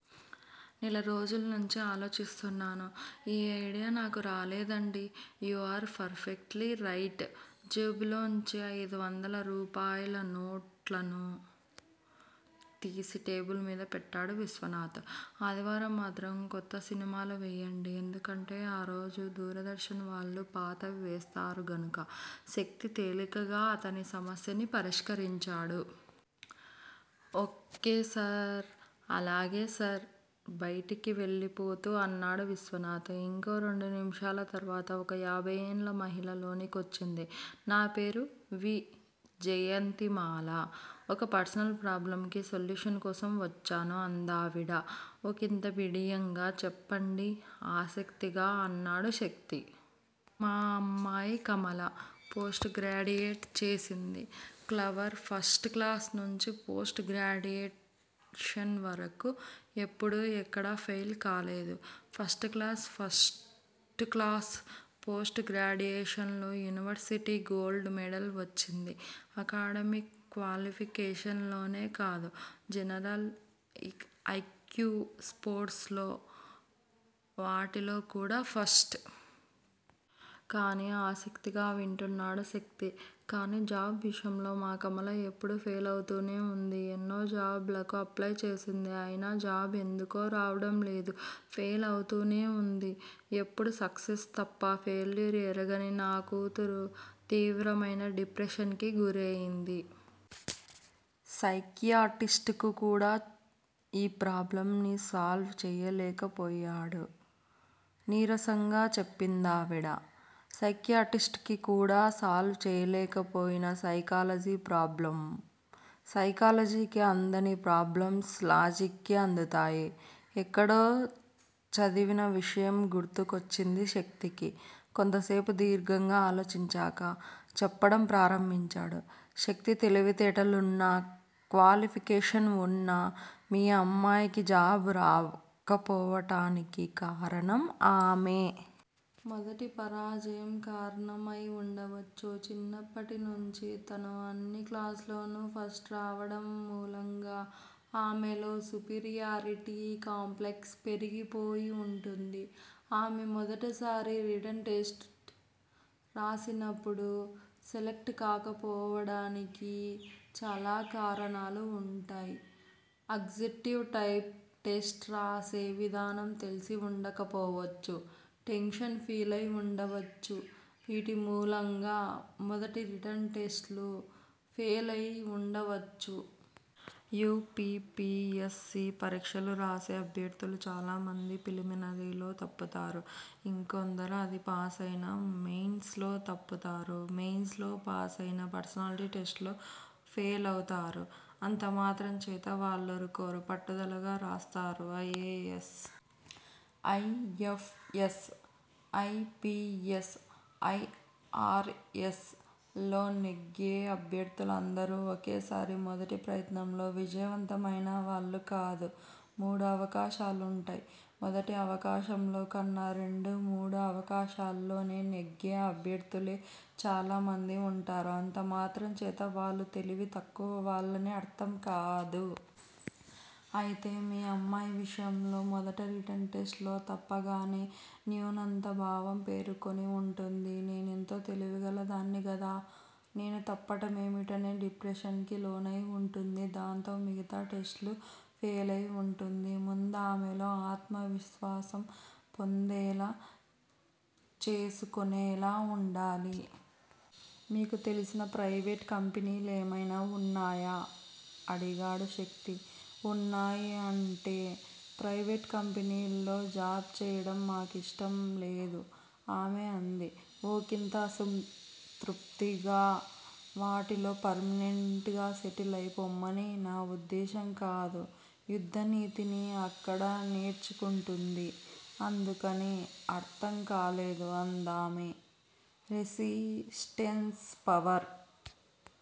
నెల్రోజుల్నించీ ఆలోచిస్తున్నాను. ఈ ఐడియా నాకు రాలేదండి. You are perfectly right జేబులోంచి ఐదువందల రూపాయల నోట్లను తీసి టేబిల్ మీద పెట్టాడు విశ్వనాథ్. ఆదివారం మాత్రం కొత్త సినిమాలు వెయ్యండి- ఎందుకంటే ఆ రోజు దూరదర్శన్ వాళ్ళు పాతవి వేస్తారు గనుక శక్తి తేలికాగ్గా అతని సమస్యని పరిష్కరించాడు. ఓ. కే. సార్ అలాగే సర్ బయటికి వెళ్ళిపోతూ అన్నాడు విశ్వనాథ్? ఇంకో రెండు నిమిషాల తర్వాత ఒక యాభయ్ ఏళ్ళ మహిళ లోనికొచ్చింది. నా పేరు వి. జయంతిమాల ఒక పర్సనల్ ప్రోబ్లమ్ కి సొల్యూషన్ కోసం వచ్చాను. అందావిడ ఒకింత బిడియంగా. చెప్పండి ఆసక్తిగా అన్నాడు శక్తి. మా అమ్మాయి కమల- పోస్టుగ్రాడ్యుయేట్ చేసింది. క్లవర్ ఫస్ట్ క్లాస్ నుంచి పోస్ట్ గ్రాడ్యుయేషన్ వరకూ ఎప్పుడూ ఎక్కడా ఫెయిల్ కాలేదు. ఫస్ట్ క్లాస్ ఫస్టుక్లాస్ పోస్టుగ్రాడ్యుయేషన్ లో యూనివర్శిటీ గోల్డ్ మెడల్ వచ్చింది. అకాడమిక్ క్వాలిఫికేషన్ లోనే కాదు. జనరల్ ఐక్యూ స్పోర్ట్స్ వాటిలో కూడా ఫస్ట్. కానీ ఆసక్తిగా వింటున్నాడు శక్తి. కానీ జాబ్ విషయంలో మా కమల ఎప్పుడూ ఫెయిలౌతూనే వుంది. ఎన్నో జాబ్ లకు అప్లయ్ చేసింది. అయినా జాబ్ ఎందుకో రావడం లేదు. ఫెయిల్ అవుతూనే వుంది. ఎపుడూ సక్సెస్ తప్ప ఫెయిల్యూర్ ఎరగని నా కూతురు తీవ్రమైన డిప్రెషన్ కి గురయింది. సైక్రియాటిస్ట్ కు కూడా ఈ ప్రాబ్లమ్ ని సాల్వ్ చెయ్యలేకపోయాడు నీరసంగా చెప్పిందావిడ. సైక్రియాటిస్ట్ కి కూడా సాల్వ్ చెయ్యలేకపోయిన సైకాలజీ ప్రోబ్లమ్? సైలకాలజీకి అందని ప్రోబ్లమ్స్, లాజిక్ కి అందుతాయి. ఎక్కడో చదివిన విషయం గుర్తుకొచ్చింది శక్తికి. కొంతసేపు దీర్ఘంగా ఆలోచించాక చెప్పడం ప్రారంభించాడు శక్తి- తెలివితేటలున్నా- క్వాలిఫికేషన్స్ ఉన్నా మీ అమ్మాయికి జాబ్ రాకపోవటానికి కారణం. ఆమె మొదటి పరాజయం కారణమయి వుండవచ్చు. చిన్నప్పటి నుంచి తను అన్ని క్లాసుల్లోనూ ఫస్ట్ రావటం మూలంగా ఆమెలో సుపీరియారిటీ కాంప్లెక్స్ పెరిగిపోయి ఉంటుంది. ఆమె మొదటిసారి రిటన్ టెస్ట్ రాసినప్పుడు సెలక్ట్ కాకపోవటానికి చాలా కారణాలు ఉంటాయి. ఆబ్జెక్టివ్ టైప్ టెస్ట్ రాసే విధానం తెలిసి ఉండకపోవచ్చు- టెన్షన్ ఫీలయి ఉండవచ్చు- వీటిమూలంగా మొదటి రిటన్ టెస్ట్ లు ఫెయిల్ అయి ఉండవచ్చు. U. P. P. S. C. పరీక్షలు రాసే అభ్యర్థులు చాలామంది ప్రిలిమినరీలో తప్పుతారు. ఇంకొందరు అది పాసయినా మెయిన్స్ లో తప్పుతారు. మెయిన్స్ లో పాసయినా పర్సనాలిటీ టెస్ట్ లో ఫెయిలవుతారు. అంతమాత్రం చేత వాళ్ళూరుకోరు. పట్టుదలగా తిరిగి రాస్తారు. I. A. S., I. F. S., I. P. S., I. R. S. ల్లో నెగ్గే అభ్యర్థులు అందరూ ఒకేసారి మొదటి ప్రయత్నంలో విజయవంతమైన వాళ్ళు కాదు. మూడు అవకాశాలుంటాయి. మొదటి అవకాశంలో కన్నా, రెండు, మూడు అవకాశాల్లో నెగ్గే అభ్యర్థులే చాలామంది ఉంటారు. అంత మాత్రం చేత వాళ్ళు తెలివి తక్కువవాళ్ళని అర్థం కాదు. అయితే మీ అమ్మాయి విషయంలో మొదటి రిటన్ టెస్ట్ లో తప్పగానే న్యూనతా భావం పేరుకుని ఉంటుంది. నేనెంతో తెలివిగలదాన్ని గదా? నేను తప్పటమేమిటనే డిప్రెషన్ కి లోనయి వుంటుంది. దాంతో మిగతా టెస్ట్ లు ఫెయిలయి ఉంటుంది. ముందామెలో ఆత్మవిశ్వాసం పొందేలా చేసుకొనేలా ఉండాలి. మీకు తెలిసిన ప్రయివేట్ కంపెనీలేమైనా ఉన్నాయా? అడిగాడు శక్తి. ఉన్నాయి. అంటే? ప్రైవేట్ కంపెనీల్లో జాబ్ చేయడం మా కిష్టం లేదు ఆమె అంది ఒకింత అసంతృప్తిగా. వాటిల్లో పర్మినెంట్ గా సెటిలైపొమ్మని నా ఉద్దేశం కాదు. యుద్ధనీతిని అక్కడ నేర్చుకుంటుంది. అందుకని. అర్థం కాలేదు అందామె. Resistance power